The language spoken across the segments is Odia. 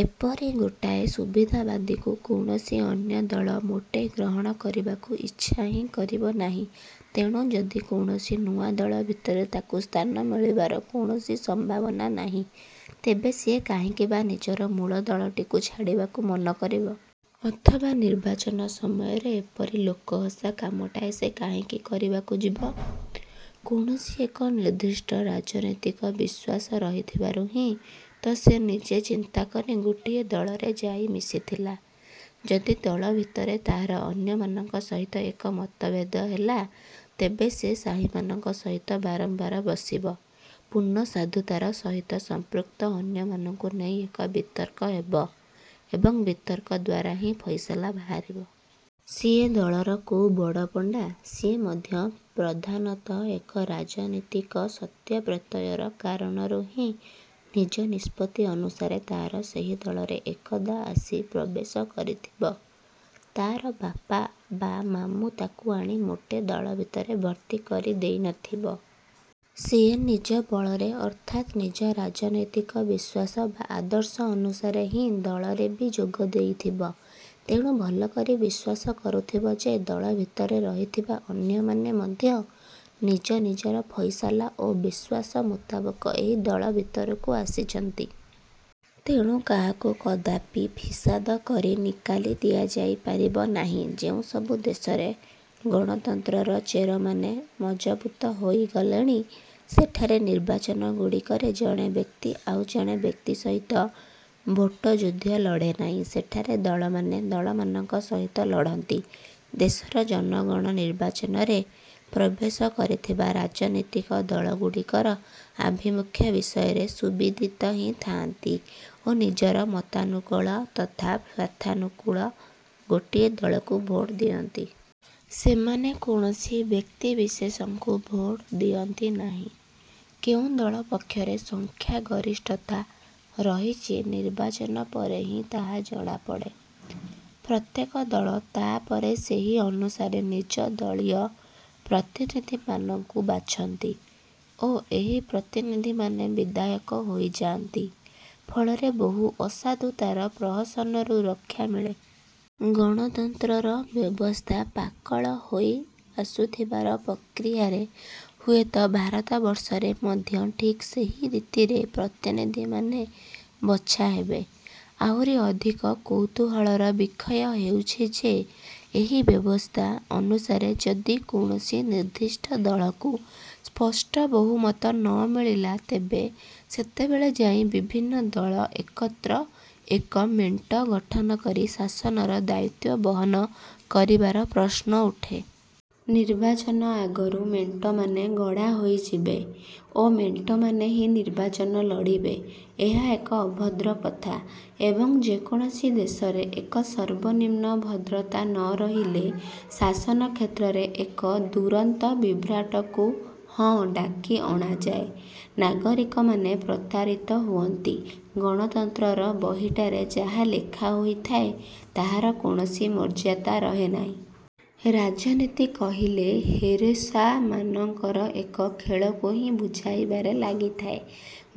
ଏପରି ଗୋଟାଏ ସୁବିଧାବାଦୀକୁ କୌଣସି ଅନ୍ୟ ଦଳ ମୋଟେ ଗ୍ରହଣ କରିବାକୁ ଇଚ୍ଛା ହିଁ କରିବ ନାହିଁ। ତେଣୁ ଯଦି କୌଣସି ନୂଆ ଦଳ ଭିତରେ ତାକୁ ସ୍ଥାନ ମିଳିବାର କୌଣସି ସମ୍ଭାବନା ନାହିଁ, ତେବେ ସିଏ କାହିଁକି ବା ନିଜର ମୂଳ ଦଳଟିକୁ ଛାଡ଼ିବାକୁ ମନ କରିବ? ଅଥବା, ନିର୍ବାଚନ ସମୟରେ ଏପରି ଲୋକହସା କାମଟାଏ ସେ କାହିଁକି କରିବାକୁ ଯିବ? କୌଣସି ଏକ ନିର୍ଦ୍ଦିଷ୍ଟ ରାଜନୀତିକ ବିଶ୍ୱାସ ରହିଥିବାରୁ ହିଁ ତ ସିଏ ନିଜେ ଚିନ୍ତା କରି ଗୋଟିଏ ଦଳରେ ଯାଇ ମିଶିଥିଲା। ଯଦି ଦଳ ଭିତରେ ତା'ର ଅନ୍ୟମାନଙ୍କ ସହିତ ଏକ ମତଭେଦ ହେଲା, ତେବେ ସେ ସେହିମାନଙ୍କ ସହିତ ବାରମ୍ବାର ବସିବ, ପୂର୍ଣ୍ଣ ସାଧୁତାର ସହିତ ସମ୍ପୃକ୍ତ ଅନ୍ୟମାନଙ୍କୁ ନେଇ ଏକ ବିତର୍କ ହେବ ଏବଂ ବିତର୍କ ଦ୍ଵାରା ହିଁ ଫଇସଲା ବାହାରିବ। ସିଏ ଦଳର କୋଉ ବଡ଼ପଣ୍ଡା, ସିଏ ମଧ୍ୟ ପ୍ରଧାନତଃ ଏକ ରାଜନୀତିକ ସତ୍ୟପ୍ରତ୍ୟୟର କାରଣରୁ ହିଁ ନିଜ ନିଷ୍ପତ୍ତି ଅନୁସାରେ ତା'ର ସେହି ଦଳରେ ଏକଦା ଆସି ପ୍ରବେଶ କରିଥିବ। ତା' ବାପା ବା ମାମୁଁ ତାକୁ ଆଣି ମୋଟେ ଦଳ ଭିତରେ ଭର୍ତ୍ତି କରି ଦେଇନଥିବ। ସିଏ ନିଜ ବଳରେ ଅର୍ଥାତ୍ ନିଜ ରାଜନୀତିକ ବିଶ୍ୱାସ ବା ଆଦର୍ଶ ଅନୁସାରେ ହିଁ ଦଳରେ ବି ଯୋଗ ଦେଇଥିବ, ତେଣୁ ଭଲକରି ବିଶ୍ୱାସ କରୁଥିବ ଯେ, ଦଳ ଭିତରେ ରହିଥିବା ଅନ୍ୟମାନେ ମଧ୍ୟ ନିଜ ନିଜର ଫଇସଲା ଓ ବିଶ୍ୱାସମୁତାବକ ଏହି ଦଳ ଭିତରକୁ ଆସିଛନ୍ତି। ତେଣୁ କାହାକୁ କଦାପି ଫିସାଦ କରି ନିକାଲି ଦିଆଯାଇପାରିବ ନାହିଁ। ଯେଉଁସବୁ ଦେଶରେ ଗଣତନ୍ତ୍ରର ଚେରମାନେ ମଜବୁତ ହୋଇଗଲେଣି, ସେଠାରେ ନିର୍ବାଚନଗୁଡ଼ିକରେ ଜଣେ ବ୍ୟକ୍ତି ଆଉ ଜଣେ ବ୍ୟକ୍ତି ସହିତ ଭୋଟ ଯୁଦ୍ଧ ଲଢ଼େ ନାହିଁ। ସେଠାରେ ଦଳମାନେ ଦଳମାନଙ୍କ ସହିତ ଲଢ଼ନ୍ତି। ଦେଶର ଜନଗଣ ନିର୍ବାଚନରେ ପ୍ରବେଶ କରିଥିବା ରାଜନୀତିକ ଦଳଗୁଡ଼ିକର ଆଭିମୁଖ୍ୟ ବିଷୟରେ ସୁବିଦିତ ହିଁ ଥାଆନ୍ତି ଓ ନିଜର ମତାନୁକୂଳ ତଥା ସ୍ୱାର୍ଥାନୁକୂଳ ଗୋଟିଏ ଦଳକୁ ଭୋଟ ଦିଅନ୍ତି। ସେମାନେ କୌଣସି ବ୍ୟକ୍ତିବିଶେଷଙ୍କୁ ଭୋଟ ଦିଅନ୍ତି ନାହିଁ। କେଉଁ ଦଳ ପକ୍ଷରେ ସଂଖ୍ୟାଗରିଷ୍ଠତା ରହିଛି, ନିର୍ବାଚନ ପରେ ହିଁ ତାହା ଜଣାପଡ଼େ। ପ୍ରତ୍ୟେକ ଦଳ ତା'ପରେ ସେହି ଅନୁସାରେ ନିଜ ଦଳୀୟ ପ୍ରତିନିଧିମାନଙ୍କୁ ବାଛନ୍ତି ଓ ଏହି ପ୍ରତିନିଧିମାନେ ବିଧାୟକ ହୋଇଯାଆନ୍ତି। ଫଳରେ ବହୁ ଅସାଧୁତାର ପ୍ରହସନରୁ ରକ୍ଷା ମିଳେ। ଗଣତନ୍ତ୍ରର ବ୍ୟବସ୍ଥା ପାକଳ ହୋଇ ଆସୁଥିବାର ପ୍ରକ୍ରିୟାରେ ହୁଏତ ଭାରତବର୍ଷରେ ମଧ୍ୟ ଠିକ୍ ସେହି ରୀତିରେ ପ୍ରତିନିଧିମାନେ ବଛାହେବେ। ଆହୁରି ଅଧିକ କୌତୁହଳର ବିଷୟ ହେଉଛି ଯେ, ଏହି ବ୍ୟବସ୍ଥା ଅନୁସାରେ ଯଦି କୌଣସି ନିର୍ଦ୍ଦିଷ୍ଟ ଦଳକୁ ସ୍ପଷ୍ଟ ବହୁମତ ନ ମିଳିଲା, ତେବେ ସେତେବେଳେ ଯାଇ ବିଭିନ୍ନ ଦଳ ଏକତ୍ର ଏକ ମେଣ୍ଟ ଗଠନ କରି ଶାସନର ଦାୟିତ୍ୱ ବହନ କରିବାର ପ୍ରଶ୍ନ ଉଠେ। ନିର୍ବାଚନ ଆଗରୁ ମେଣ୍ଟମାନେ ଗଢ଼ାହୋଇଯିବେ ଓ ମେଣ୍ଟମାନେ ହିଁ ନିର୍ବାଚନ ଲଢ଼ିବେ, ଏହା ଏକ ଅଭଦ୍ର କଥା। ଏବଂ ଯେକୌଣସି ଦେଶରେ ଏକ ସର୍ବନିମ୍ନ ଭଦ୍ରତା ନରହିଲେ ଶାସନକ୍ଷେତ୍ରରେ ଏକ ଦୁରନ୍ତ ବିଭ୍ରାଟକୁ ହଁ ଡାକି ଅଣାଯାଏ। ନାଗରିକମାନେ ପ୍ରତାରିତ ହୁଅନ୍ତି। ଗଣତନ୍ତ୍ରର ବହିଟାରେ ଯାହା ଲେଖା ହୋଇଥାଏ, ତାହାର କୌଣସି ମର୍ଯ୍ୟାଦା ରହେନାହିଁ-। ରାଜନୀତି କହିଲେ ହେରେଷାମାନଙ୍କର ଏକ ଖେଳକୁ ହିଁ ବୁଝାଇବାରେ ଲାଗିଥାଏ।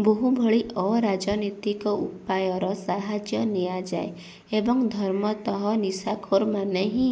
ବହୁଭଳି ଅରାଜନୀତିକ ଉପାୟର ସାହାଯ୍ୟ ନିଆଯାଏ ଏବଂ ଧର୍ମତଃ ନିଶାଖୋରମାନେ ହିଁ